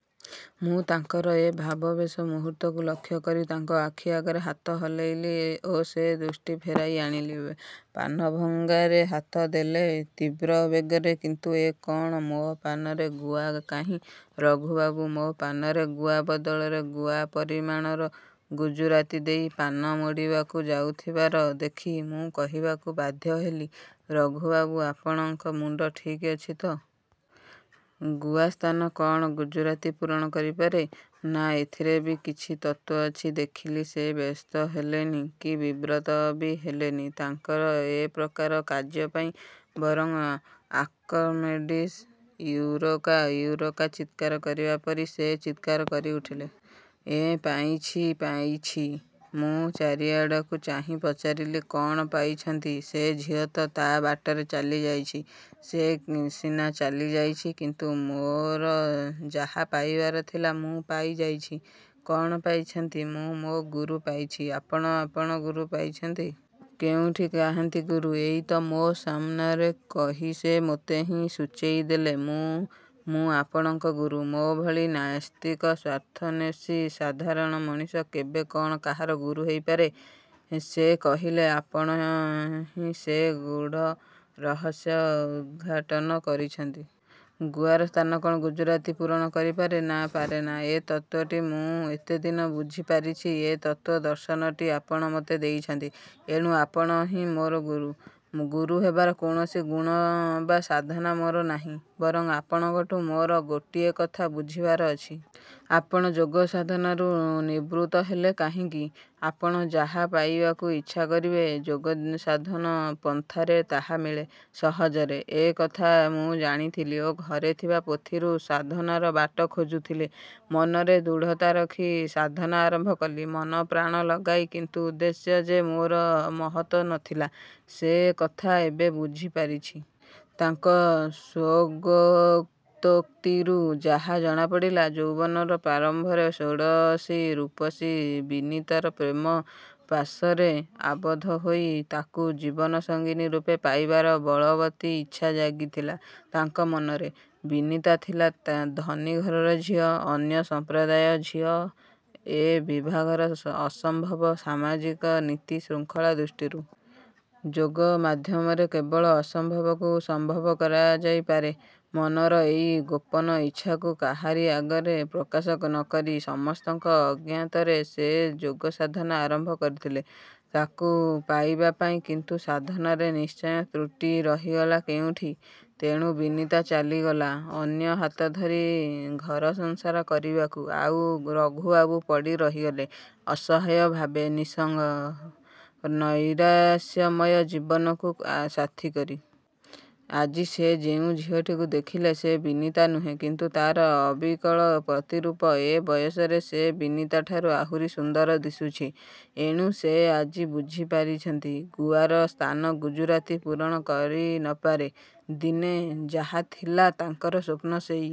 ମୁଁ ତାଙ୍କର ଏ ଭାବାବେଶ ମୁହୂର୍ତ୍ତକୁ ଲକ୍ଷ୍ୟ କରି ତାଙ୍କ ଆଖି ଆଗରେ ହାତ ହଲେଇଲି ଓ ସେ ଦୃଷ୍ଟି ଫେରାଇ ଆଣି ପାନଭଙ୍ଗାରେ ହାତ ଦେଲେ ତୀବ୍ର ବେଗରେ। କିନ୍ତୁ ଏ କ'ଣ, ମୋ'ପାନରେ ଗୁଆ କାହିଁ? ରଘୁବାବୁ ମୋ' ପାନରେ ଗୁଆ ବଦଳରେ ଗୁଆ ପରିମାଣର ଗୁଜୁରାତି ଦେଇ ପାନ ମୋଡ଼ିବାକୁ ଯାଉଥିବାର ଦେଖି ମୁଁ କହିବାକୁ ବାଧ୍ୟ ହେଲି-ରଘୁବାବୁ, ଆପଣଙ୍କ ମୁଣ୍ଡ ଠିକ୍ ଅଛି ତ? ଗୁଆ ସ୍ଥାନ କ'ଣ ଗୁଜୁରାତି ପୂରଣ କରିପାରେ? ନା ଏଥିରେ ବି କିଛି ତତ୍ତ୍ଵ ଅଛି? ଦେଖିଲି ସେ ବ୍ୟସ୍ତ ହେଲେନି କି ବିବ୍ରତ ବି ହେଲେନି ତାଙ୍କର ଏପ୍ରକାର କାର୍ଯ୍ୟ ପାଇଁ। ବରଂ ଆର୍କମେଡ଼ିସ୍ ୟୁରୋକା ୟୁରୋକା ଚିତ୍କାର କରିବା ପରି ସେ ଚିତ୍କାର କରିଉଠିଲେ ଏଁ ପାଇଛି ପାଇଛି। ମୁଁ ଚାରିଆଡ଼କୁ ଚାହିଁ ପଚାରିଲି-କ'ଣ ପାଇଛନ୍ତି? ସେ ଝିଅତ ତା' ବାଟରେ ଚାଲିଯାଇଛି। ସେ ସିନା ଚାଲିଯାଇଛି କିନ୍ତୁ ମୋର ଯାହା ପାଇବାର ଥିଲା ମୁଁ ପାଇଯାଇଛି। କ'ଣ ପାଇଛନ୍ତି? ମୁଁ ମୋ' ଗୁରୁ ପାଇଛି। ଆପଣ ଆପଣ ଗୁରୁ ପାଇଛନ୍ତି? କେଉଁଠି? କାହାନ୍ତି ଗୁରୁ? 'ଏଇ ତ ମୋ' ସାମନାରେ'-କହି ସେ ମୋତେ ହିଁ ସୂଚେଇ ଦେଲେ। ମୁଁ ମୁଁ ଆପଣଙ୍କ ଗୁରୁ? ମୋ'ଭଳି ନାସ୍ତିକ, ସ୍ଵାର୍ଥନ୍ଵେଷୀ, ସାଧାରଣ ମଣିଷ କେବେ କ'ଣ କାହାର ଗୁରୁ ହୋଇପାରେ? ସେ କହିଲେ-ଆପଣ ହିଁ ସେ ଗୂଢ଼ ରହସ୍ୟ ଉଦ୍ଘାଟନ କରିଛନ୍ତି। ଗୁଆର ସ୍ଥାନ କ'ଣ ଗୁଜୁରାତି ପୂରଣ କରିପାରେ? ନା, ପାରେନା। ଏ ତତ୍ତ୍ଵଟି ମୁଁ ଏତେଦିନେ ବୁଝିପାରିଛି। ଏ ତତ୍ତ୍ଵ, ଦର୍ଶନଟି ଆପଣ ମୋତେ ଦେଇଛନ୍ତି। ଏଣୁ ଆପଣ ହିଁ ମୋର ଗୁରୁ। ଗୁରୁ ହେବାର କୌଣସି ଗୁଣ ବା ସାଧନା ମୋର ନାହିଁ। ବରଂ ଆପଣଙ୍କଠୁଁ ମୋର ଗୋଟିଏ କଥା ବୁଝିବାର ଅଛି। ଆପଣ ଯୋଗ ସାଧନାରୁ ନିବୃତ୍ତ ହେଲେ କାହିଁକି? ଆପଣ ଯାହା ପାଇବାକୁ ଇଚ୍ଛା କରିବେ ଯୋଗସାଧନ ପନ୍ଥାରେ ତାହା ମିଳେ ସହଜରେ-ଏ କଥା ମୁଁ ଜାଣିଥିଲି ଓ ଘରେ ଥିବା ପୋଥିରୁ ସାଧନାର ବାଟ ଖୋଜୁଥିଲି। ମନରେ ଦୃଢ଼ତା ରଖି ସାଧନା ଆରମ୍ଭ କଲି-ମନ ପ୍ରାଣ ଲଗାଇ, କିନ୍ତୁ ଉଦ୍ଦେଶ୍ୟ ଯେ ମୋର ମହତ ନଥିଲା ସେ କଥା ଏବେ ବୁଝିପାରିଛି। ତାଙ୍କ ସ୍ଵଗୋତୋକ୍ତିରୁ ଯାହା ଜଣାପଡ଼ିଲା-ଯୌବନର ପ୍ରାରମ୍ଭରେ ଷୋଡ଼ଶୀ ରୂପସୀ ବିନିତାର ପ୍ରେମ ପାଶରେ ଆବଦ୍ଧ ହୋଇ ତାକୁ ଜୀବନସଙ୍ଗିନୀ ରୂପେ ପାଇବାର ବଳବତୀ ଇଚ୍ଛା ଜାଗିଥିଲା ତାଙ୍କ ମନରେ। ବିନିତା ଥିଲା ଧନୀ ଘରର ଝିଅ, ଅନ୍ୟ ସମ୍ପ୍ରଦାୟ ଝିଅ। ଏ ବିଭାଘର ଅସମ୍ଭବ ସାମାଜିକ ନୀତି ଶୃଙ୍ଖଳା ଦୃଷ୍ଟିରୁ। ଯୋଗ ମାଧ୍ୟମରେ କେବଳ ଅସମ୍ଭବକୁ ସମ୍ଭବ କରାଯାଇପାରେ। ମନର ଏଇ ଗୋପନ ଇଚ୍ଛାକୁ କାହାରି ଆଗରେ ପ୍ରକାଶ ନକରି ସମସ୍ତଙ୍କ ଅଜ୍ଞାତରେ ସେ ଯୋଗ ସାଧନା ଆରମ୍ଭ କରିଥିଲେ ତାକୁ ପାଇବା ପାଇଁ; କିନ୍ତୁ ସାଧନାରେ ନିଶ୍ଚୟ ତ୍ରୁଟି ରହିଗଲା କେଉଁଠି, ତେଣୁ ବିନିତା ଚାଲିଗଲା ଅନ୍ୟ ହାତଧରି ଘରସଂସାର କରିବାକୁ ଆଉ ରଘୁବାବୁ ପଡ଼ି ରହିଗଲେ ଅସହାୟ ଭାବେ ନିଃସଙ୍ଗ, ନୈରାଶ୍ୟମୟ ଜୀବନକୁ ସାଥିକରି। ଆଜି ସେ ଯେଉଁ ଝିଅଟିକୁ ଦେଖିଲେ ସେ ବିନିତା ନୁହେଁ କିନ୍ତୁ ତା'ର ଅବିକଳ ପ୍ରତିରୂପ। ଏ ବୟସରେ ସେ ବିନିତାଠାରୁ ଆହୁରି ସୁନ୍ଦର ଦିଶୁଛି। ଏଣୁ ସେ ଆଜି ବୁଝିପାରିଛନ୍ତି ଗୁଆର ସ୍ଥାନ ଗୁଜୁରାତି ପୂରଣ କରିନପାରେ। ଦିନେ ଯାହାଥିଲା ତାଙ୍କର ସ୍ଵପ୍ନ ସେଇ